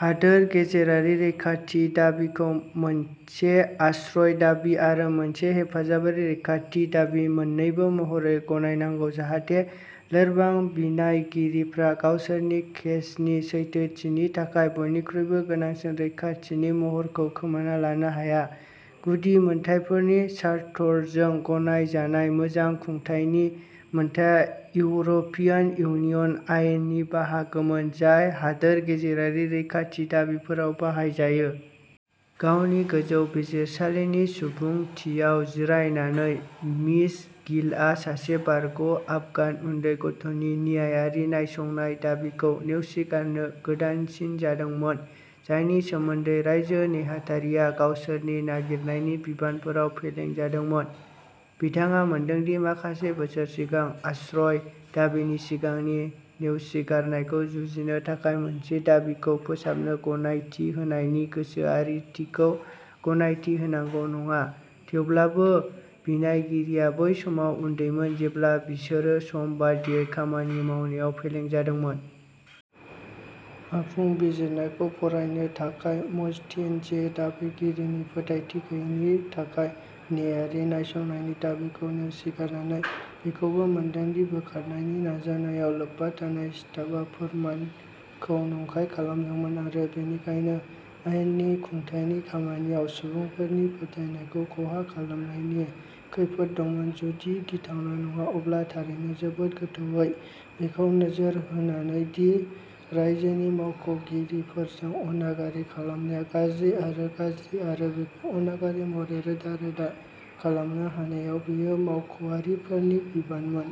हादोर गेजेरारि रैखाथि दाबिखौ मोनसे आश्रय दाबि आरो मोनसे हेफाजाबारि रैखाथि दाबि मोन्नैबो महरै गनायनांगौ जाहाथे लोरबां बिनायगिरिफ्रा गावसोरनि केसनि सैथोथिनि थाखाय बयनिख्रुइबो गोनांसिन रैखाथिनि महरखौ खोमाना लानो हाया। गुदि मोनथायफोरनि चार्टरजों गनायजानाय मोजां खुंथायनि मोन्थाइ इउर' पियान इउनियन आयेननि बाहागोमोन जाय हादोर गेजेरारि रैखाथि दाबिफोराव बाहायजायो। गावनि गोजौ बिजिरसालिनि सुबुंथियाव जिरायनानै, मिस गिलआ सासे बारग' आफगान उन्दै गथ'नि न्यायारि नायसंनाय दाबिखौ नेवसिगारनो गोदानसिन जादोंमोन, जायनि सोमोन्दै रायजो नेहाथारिया गावसोरनि नागिरनायनि बिबानफोराव फेलें जादोंमोन। बिथाङा मोनदों दि माखासे बोसोर सिगां आश्रय दाबिनि सिगांनि नेवसिगारनायखौ जुजिनो थाखाय मोनसे दाबिखौ फोसाबनो गनायथि होनायनि गोसोआरिथिखौ गनायथि होनांगौ नङा, थेवब्लाबो बिनायगिरिया बै समाव उन्दैमोन जेब्ला बिसोरो सम बादियै खामानि मावनायाव फेलें जादोंमोन। आबुं बिजिरनायखौ फरायनो थाखाय, मस्टिन जे, दाबिगिरिनि फोथायथि गैयैनि थाखाय न्यायारि नायसंनायनि दाबिखौ नेवसिगारनानै, बेखौबो मोनदों दि बोखारनायनि नाजानायाव लोब्बा थानाय स्टाफआ फोरमानखौ नंखाय खालामदोंमोन आरो बेनिखायनो आयेननि खुंथायनि खामानियाव सुबुंफोरनि फोथायनायखौ खहा खालामनायनि खैफोद दंमोन, जुदि गिथावना नङा, अब्ला थारैनो जोबोद गोथौवै, बेखौ नोजोर होनानै दि रायजोनि मावख' गिरिफोरजों अनागारि खालामनाया गाज्रि आरो गाज्रि आरो बेखौ अनागारि महरै रोदा-रोदा खालामनो हानायाव बेयो मावख'आरिफोरनि बिबानमोन।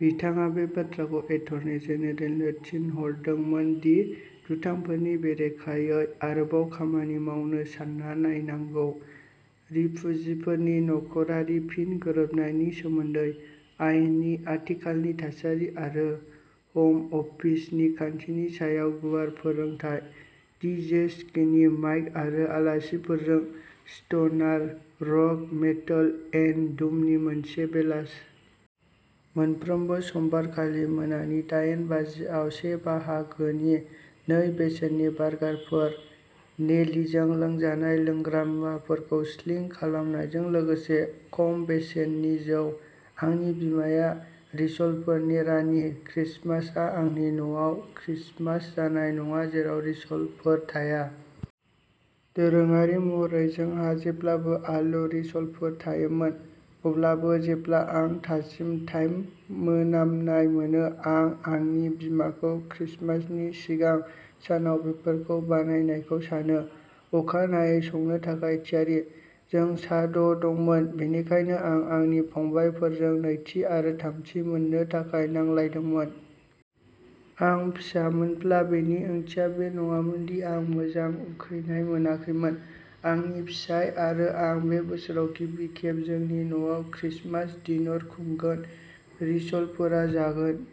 बिथाङा बे बाथ्राखौ एटर्नी जेनेरेलनो थिनहरदोंमोन दि दुथांफोरनि बेरेखायै आरोबाव खामानि मावनो सानना नायनांगौ। रिफुजिफोरनि नखरारि फिन गोरोबनायनि सोमोन्दै आयेननि आथिखालनि थासारि आरो हम अफिसनि खान्थिनि सायाव गुवार फोरोंथाय। डि जे स्किनि माइक आरो आलासिफोरजों स्ट'नार रक, मेटल, एन्ड डुमनि मोनसे बेलास। मोनफ्रोमबो समबार खालि मोनानि दायेन बाजि आव से बाहागोनि नै बेसेननि बार्गारफोर। नेलिजों लोंजानाय लोंग्रा मुवाफोरखौ स्लिं खालामनायजों लोगोसे खम बेसेननि जौ। आंनि बिमाया रिस'लफोरनि रानि। क्रिसमासआ आंनि न'आव क्रिसमास जानाय नङा जेराव रिस'लफोर थाया। दोरोङारि महरै, जोंहा जेब्लाबो आलु रिस'लफोर थायोमोन। अब्लाबो, जेब्ला आं थाजिम थाइम मोनामनाय मोनो, आं आंनि बिमाखौ क्रिसमासनि सिगां सानाव बेफोरखौ बानायनायखौ सानो, अखानायै संनो थाखाय थियारि। जों सा द' दंमोन, बेनिखायनो आं आंनि फंबायफोरजों नैथि आरो थामथि मोननो थाखाय नांलायदोंमोन। आं फिसामोनब्ला बेनि ओंथिया बे नङामोन दि आं मोजां उखैनाय मोनाखैमोन आंनि फिसाय आरो आं बे बोसोराव गिबि खेब जोंनि न'आव क्रिसमास डिनर खुंगोन, रिस'लफोरा जागोन।